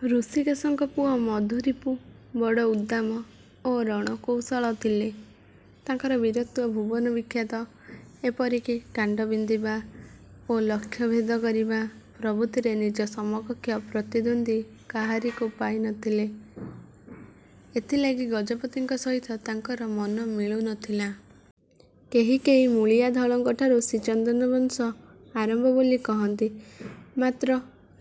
ହୃଷୀକେଶଙ୍କ ପୁଅ ମଧୁରିପୁ ବଡ଼ ଉଦ୍ଦାମ ଓ ରଣକୁଶଳ ଥିଲେ। ତାଙ୍କର ବୀରତ୍ୱ ଭୁବନ−ବିଖ୍ୟାତ। ଏପରି କି କାଣ୍ଡ ବିନ୍ଧିବା ଓ ଲକ୍ଷ୍ୟଭେଦ କରିବା ପ୍ରଭୃତିରେ ନିଜ ସମକକ୍ଷ ପ୍ରତିଦ୍ଵନ୍ଦୀ କାହାରିକୁ ପାଇ ନ ଥିଲେ। ଏଥିଲାଗି ଗଜପତିଙ୍କ ସହିତ ତାଙ୍କର ମନ ମିଳୁ ନ ଥିଲା। କେହି କେହି ମୂଳିଆଧଳଙ୍କଠାରୁ ଶ୍ରୀଚନ୍ଦନ ବଂଶ ଆରମ୍ଭ ବୋଲି କହନ୍ତି; ମାତ୍ର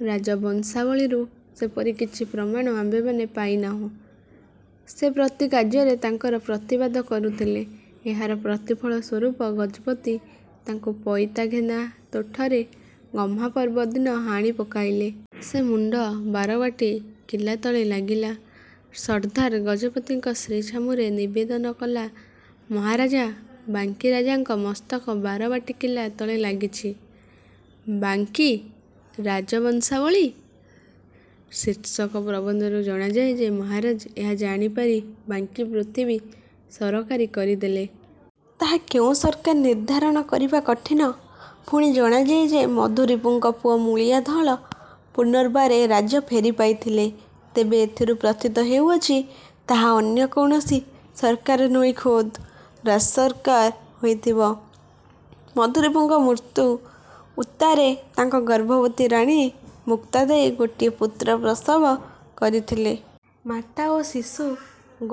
ରାଜବଂଶାବଳୀରୁ ସେପରି କିଛି ପ୍ରମାଣ ଆମ୍ଭେମାନେ ପାଇ ନାହୁଁ। ସେ ପ୍ରତି କାର୍ଯ୍ୟରେ ତାଙ୍କର ପ୍ରତିବାଦ କରୁଥିଲେ। ଏହାର ପ୍ରତିଫଳ ସ୍ୱରୂପ ଗଜପତି ତାଙ୍କୁ ପଇତା-ଘେନା ତୋଠରେ ଗହ୍ମାପର୍ବ ଦିନ ହାଣି ପକାଇଲେ। ସେ ମୁଣ୍ଡ ବାରବାଟୀ କିଲା। ତଳେ ଲାଗିଲା। ସର୍ଦ୍ଦାର ଗଜପତିଙ୍କ ଶ୍ରୀ ଛାମୁରେ ନିବେଦନ କଲା, "ମହାରାଜା, ବାଙ୍କୀରାଜାଙ୍କ ମସ୍ତକ ବାରବାଟୀ କିଲା ତଳେ ଲାଗିଛି। '' "ବାଙ୍କୀ ରାଜବଂଶାବଳୀ'' ଶୀର୍ଷକ ପ୍ରବନ୍ଧରୁ ଜଣାଯାଏ ଯେ, ମହାରାଜା ଏହା ଜାଣି ପାରି ବାଙ୍କୀ ପୃଥିବୀ ସରକାରୀ କରିଦେଲେ। ତାହା କେଉଁ ସରକାର ନିର୍ଦ୍ଧାରଣ କରିବା କଠିନ। ପୁଣି ଜଣାଯାଏ ଯେ, ମଧୁରିପୁଙ୍କ ପୁଅ ମୂଳିଆ ଧଳ ପୁନର୍ବାର ଏ ରାଜ୍ୟ ଫେରି ପାଇଥିଲେ। ତେବେ ଏଥିରୁ ପ୍ରତୀତ ହେଉଅଛି, ତାହା ଅନ୍ୟ କୌଣସି ସରକାର ନୋହି ଖୋଦ୍ ରାଜସରକାର ହୋଇଥିବ। ମଧୁରିପୁଙ୍କ ମୃତ୍ୟୁ ଉତ୍ତାରେ ତାଙ୍କ ଗର୍ଭବତୀ ରାଣୀ ମୁକ୍ତା ଦେଈ ଗୋଟିଏ ପୁତ୍ର ପ୍ରସବ କରିଥିଲେ। ମାତା ଓ ଶିଶୁ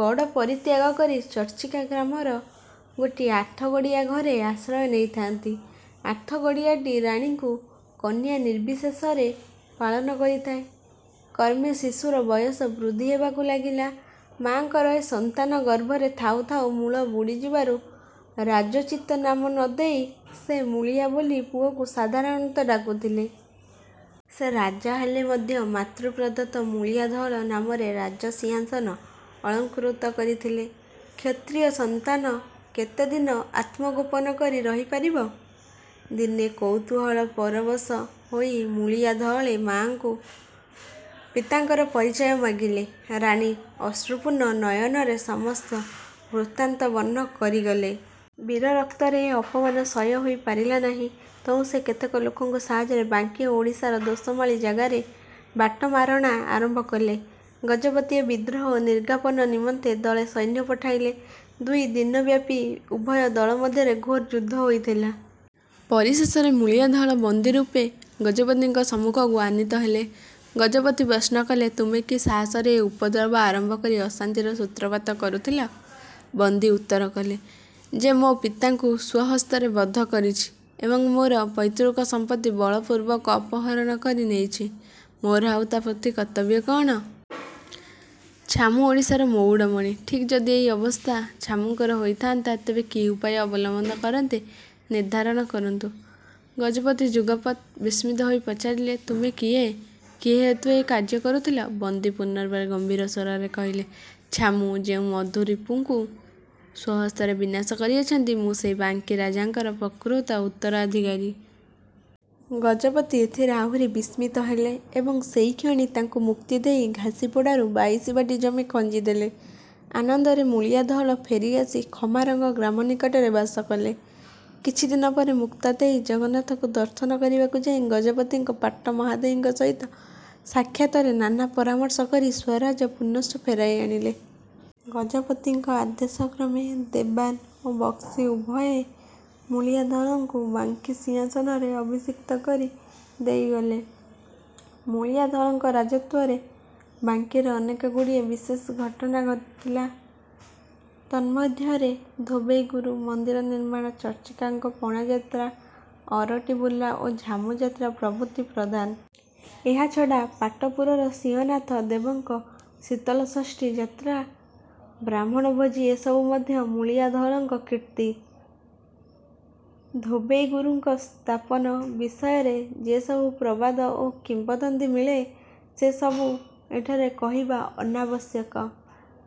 ଗଡ଼ ପରିତ୍ୟାଗ କରି ଚର୍ଚ୍ଚିକା ଗ୍ରାମର ଗୋଟିଏ ଆଠଗଡ଼ିଆ ଘରେ ଆଶ୍ରୟ ନେଇଥାନ୍ତି। ଆଠଗଡ଼ିଆଟି ରାଣୀଙ୍କୁ କନ୍ୟାନିର୍ବିଶେଷରେ ପାଳନ କରିଥାଏ। କ୍ରମେ ଶିଶୁର ବୟସ ବୃଦ୍ଧି ହେବାକୁ ଲାଗିଲା। ମାଆଙ୍କର ଏ ସନ୍ତାନ ଗର୍ଭରେ ଥାଉ ଥାଉ ମୂଳ ବୁଡ଼ିଯିବାରୁ ରାଜୋଚିତ ନାମ ନ ଦେଇ ସେ "ମୂଳିଆ" ବୋଲି ପୁଅକୁ ସାଧାରଣତଃ ଡାକୁଥିଲେ। ସେ ରାଜା ହେଲେ ମଧ୍ୟ ମାତୃପ୍ରଦତ୍ତ ମୂଳିଆ ଧଳ ନାମରେ ରାଜସିଂହାସନ ଅଳଂକୃତ କରିଥିଲେ। କ୍ଷତ୍ରିୟ ସନ୍ତାନ କେତେ ଦିନ ଆତ୍ମଗୋପନ କରି ରହିପାରିବ? ଦିନେ କୌତୁହଳ ପରବଶ ହୋଇ ମୂଳିଆ ଧଳେ ମାଆଙ୍କୁ ପିତାଙ୍କର ପରିଚୟ ମାଗିଲେ। ରାଣୀ ଅଶ୍ରୁପୂର୍ଣ୍ଣ ନୟନରେ ସମସ୍ତ ବୃତ୍ତାନ୍ତ ବର୍ଣ୍ଣନ କରିଗଲେ। ବୀରରକ୍ତରେ ଏ ଅପମାନ ସହ୍ୟ ହୋଇ ପାରିଲା ନାହିଁ। ତହୁଁ ସେ କେତେକ ଲୋକଙ୍କ ସାହାଯ୍ୟରେ ବାଙ୍କୀ ଓ ଓଡ଼ିଶାର ଦୋସମାଳି ଜାଗାରେ ବାଟମାରଣା ଆରମ୍ଭ କଲେ। ଗଜପତି ଏ ବିଦ୍ରୋହ ନିର୍ଗାପନ ନିମନ୍ତେ ଦଳେ ସୈନ୍ୟ ପଠାଇଲେ। ଦୁଇ ଦିନବ୍ୟାପୀ ଉଭୟ ଦଳ ମଧ୍ୟରେ ଘୋର ଯୁଦ୍ଧ ହୋଇଥିଲା। ପରିଶେଷରେ ମୂଳିଆ ଧଳ ବନ୍ଦିରୂପେ ଗଜପତିଙ୍କ ସମ୍ମୁଖକୁ ଆନୀତ ହେଲେ। ଗଜପତି ପ୍ରଶ୍ନ କଲେ, "ତୁମେ କି ସାହାସରେ ଏ ଉପଦ୍ରବ ଆରମ୍ଭ କରି ଅଶାନ୍ତିର ସୂତ୍ରପାତ କରୁଥିଲ? " ବନ୍ଦୀ ଉତ୍ତର କଲେ, "ଯେ ମୋ ପିତାଙ୍କୁ ସ୍ଵହସ୍ତରେ ବଧ କରିଛି ଏବଂ ମୋର ପୈତୃକ ସଂପତ୍ତି ବଳପୂର୍ବକ ଅପହରଣ କରି ନେଇଛି, ମୋର ଆଉ ତା ପ୍ରତି କର୍ତ୍ତବ୍ୟ କ'ଣ? ଛାମୁ ଓଡ଼ିଶାର ମଉଡ଼ମଣି। ଠିକ୍ ଯଦି ଏଇ ଅବସ୍ଥା ଛାମୁଙ୍କର ହୋଇଥାନ୍ତା, ତେବେ କି ଉପାୟ ଅବଲମ୍ବନ କରନ୍ତେ, ନିର୍ଦ୍ଧାରଣ କରନ୍ତୁ। '' ଗଜପତି ଯୁଗପତ୍ ବିସ୍ମିତ ହୋଇ ପଚାରିଲେ, "ତୁମେ କିଏ? କି ହେତୁ ଏ କାର୍ଯ୍ୟ କରୁଥିଲ? " ବନ୍ଦୀ ପୁନର୍ବାର ଗମ୍ଭୀର ସ୍ଵରରେ କହିଲେ, "ଛାମୁ ଯେଉଁ ମଧୁରିପୁଙ୍କୁ ସ୍ଵହସ୍ତରେ ବିନାଶ କରିଅଛନ୍ତି, ମୁଁ ସେହି ବାଙ୍କୀ ରାଜାଙ୍କର ପ୍ରକୃତ ଉତ୍ତରାଧିକାରୀ। '' ଗଜପତି ଏଥିରେ ଆହୁରି ବିସ୍ମିତ ହେଲେ ଏବଂ ସେହିକ୍ଷଣି ତାଙ୍କୁ ମୁକ୍ତି ଦେଇ ଘାସିପଡ଼ାରୁ ବାଇଶି ବାଟୀ ଜମି ଖଞ୍ଜିଦେଲେ। ଆନନ୍ଦରେ ମୂଳିଆ ଧଳ ଫେରିଆସି ଖମାରଙ୍ଗ ଗ୍ରାମନିକଟରେ ବାସ କଲେ। କିଛି ଦିନ ପରେ ମୁକ୍ତା ଦେଈ ଜଗନ୍ନାଥଙ୍କୁ ଦର୍ଶନ କରିବାକୁ ଯାଇ ଗଜପତିଙ୍କ ପାଟ ମହାଦେଈଙ୍କ ସହିତ ସାକ୍ଷାତରେ ନାନା ପରାମର୍ଶ କରି ସ୍ଵରାଜ ପୁନଶ୍ଚ ଫେରାଇ ଆଣିଲେ। ଗଜପତିଙ୍କ ଆଦେଶକ୍ରମେ ଦେବାନ ଓ ବକ୍ସି ଉଭୟେ ମୂଳିଆ ଧଳଙ୍କୁ ବାଙ୍କୀ ସିଂହାସନରେ ଅଭିଷିକ୍ତ କରି ଦେଇ ଗଲେ। ମୂଳିଆ ଧଳଙ୍କ ରାଜତ୍ୱରେ ବାଙ୍କୀରେ ଅନେକଗୁଡ଼ିଏ ବିଶେଷ ଘଟନା ଘଟିଥିଲା। ତନ୍ମଧ୍ୟରେ "ଧୋବେଇ ଗୁରୁ" ମନ୍ଦିର ନିର୍ମାଣ, ଚର୍ଚ୍ଚିକାଙ୍କ ପଣାଯାତ୍ରା, ଅରଟି ବୁଲା ଓ ଝାମୁଯାତ୍ରା ପ୍ରଭୃତି ପ୍ରଧାନ। ଏହା ଛଡ଼ା ପାଟପୁରର ସିଂହନାଥ ଦେବଙ୍କ ଶୀତଳଷଷ୍ଠୀ ଯାତ୍ରା, ବ୍ରାହ୍ମଣ ଭୋଜି ଏସବୁ ମଧ୍ୟ ମୂଳିଆ ଧକଙ୍କ କୀର୍ତ୍ତି। 'ଧୋବେଇ ଗୁରୁ'ଙ୍କ ସ୍ଥାପନ ବିଷୟରେ ଯେ ସବୁ ପ୍ରବାଦ ଓ କିମ୍ବଦନ୍ତୀ ମିଳେ, ସେ ସବୁ ଏଠାରେ କହିବା ଅନାବଶ୍ୟକ।